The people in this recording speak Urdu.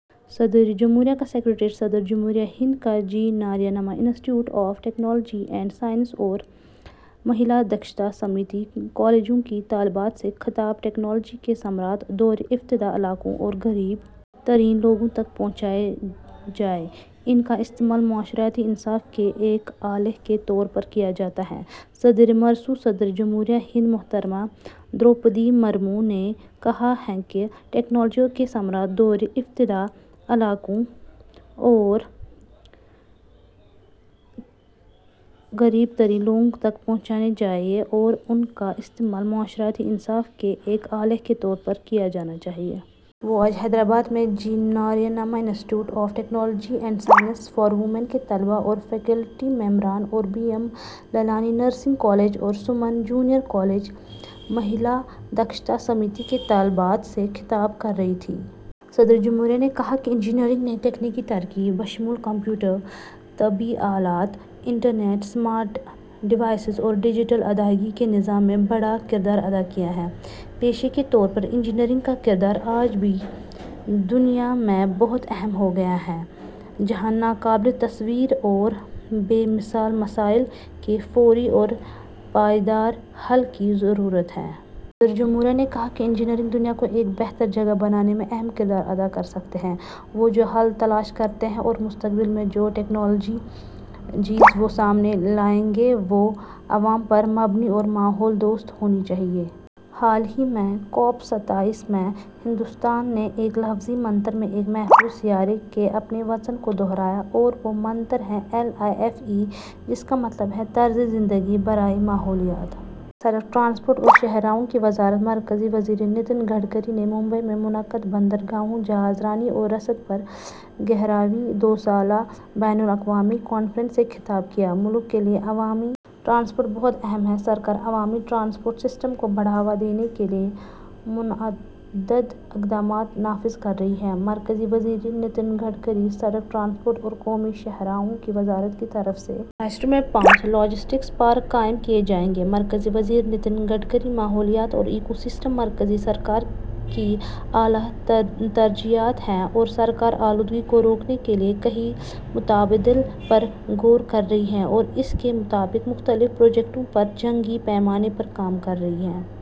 صدر جمہوریہ کا سکریٹریٹ صدر جمہوریہ ہند کا G Narayanamma institute of technology and science اور مہیلا دکشتا سمیتی کالجوں کی طالبات سے خطاب ٹیکنالوجی کے ثمرات دور افتادہ علاقوں اور غریب ترین لوگوں تک پہنچنے چاہئیں؛ ان کا استعمال معاشرتی انصاف کے ایک آلے کے طور پر کیا جانا چاہیے: صدر مرمو صدر جمہوریہ ہند محترمہ دروپدی مرمو نے کہا ہے کہ ٹیکنالوجی کے ثمرات دور افتادہ علاقوں اور غریب ترین لوگوں تک پہنچنے چاہئیں اور ان کا استعمال معاشرتی انصاف کے ایک آلے کے طور پر کیا جانا چاہیے۔ وہ آج حیدرآباد میں G Narayanamma institute of technology and science for women کے طلباء اور فیکلٹی ممبران اور B M Malani nursing college اور سمن جونیئر کالج مہیلا دکشتا سمیتی کی طالبات سے خطاب کر رہی تھیں۔ صدر جمہوریہ نے کہا کہ انجینئرنگ نے تکنیکی ترقی، بشمول کمپیوٹر، طبی آلات، انٹرنیٹ، اسمارٹ ڈیوائسز اور ڈیجیٹل ادائیگی کے نظام، میں بڑا کردار ادا کیا ہے۔ پیشے کے طور پر انجینئرنگ کا کردار آج کی دنیا میں بہت اہم ہو گیا ہے، جہاں ناقابل تصور اور بے مثال مسائل کے فوری اور پائیدار حل کی ضرورت ہے۔ صدر جمہوریہ نے کہا کہ انجینئر دنیا کو ایک بہتر جگہ بنانے میں اہم کردار ادا کر سکتے ہیں۔ وہ جو حل تلاش کرتے ہیں اور مستقبل میں جو ٹیکنالوجیز وہ سامنے لائیں گے، وہ عوام پر مبنی اور ماحول دوست ہونی چاہئیں۔ حال ہی میں کوپ ستائیس میں ہندوستان نے ایک لفظی منتر میں ایک محفوظ سیارے کے اپنے وژن کو دہرایا اور وہ منتر ہے ایل آئی ایف ای، جس کا مطلب ہے طرز زندگی برائے ماحولیات۔ سڑک ٹرانسپورٹ اور شاہراہوں کی وزارت مرکزی وزیر نتن گڈکری نے ممبئی میں منعقد بندرگاہوں، جہاز رانی اور رسد پر گیارہویں دو سالہ بین الاقوامی کانفرنس سے خطاب کیا۔ ملک کے لیے عوامی ٹرانسپورٹ بہت اہم ہے؛ سرکار عوامی ٹرانسپورٹ سسٹم کو بڑھاوا دینے کے لیے متعدد اقدامات نافذ کر رہی ہے: مرکزی وزیر نتن گڈکری سڑک ٹرانسپورٹ اور قومی شاہراہوں کی وزارت کی طرف سے مہاراشٹر میں پانچ لاجسٹکس پارک قائم کیے جائیں گے: مرکزی وزیر نتن گڈکری "ماحولیات اور ایکو سسٹم مرکزی سرکار کی اعلیٰ ترجیحات ہیں اور سرکار آلودگی کو روکنے کے لیے کئی متبادل پر غور کر رہی ہے اور اس کے مطابق مختلف پروجیکٹوں پر جنگی پیمانے پر کام کر رہی ہے۔"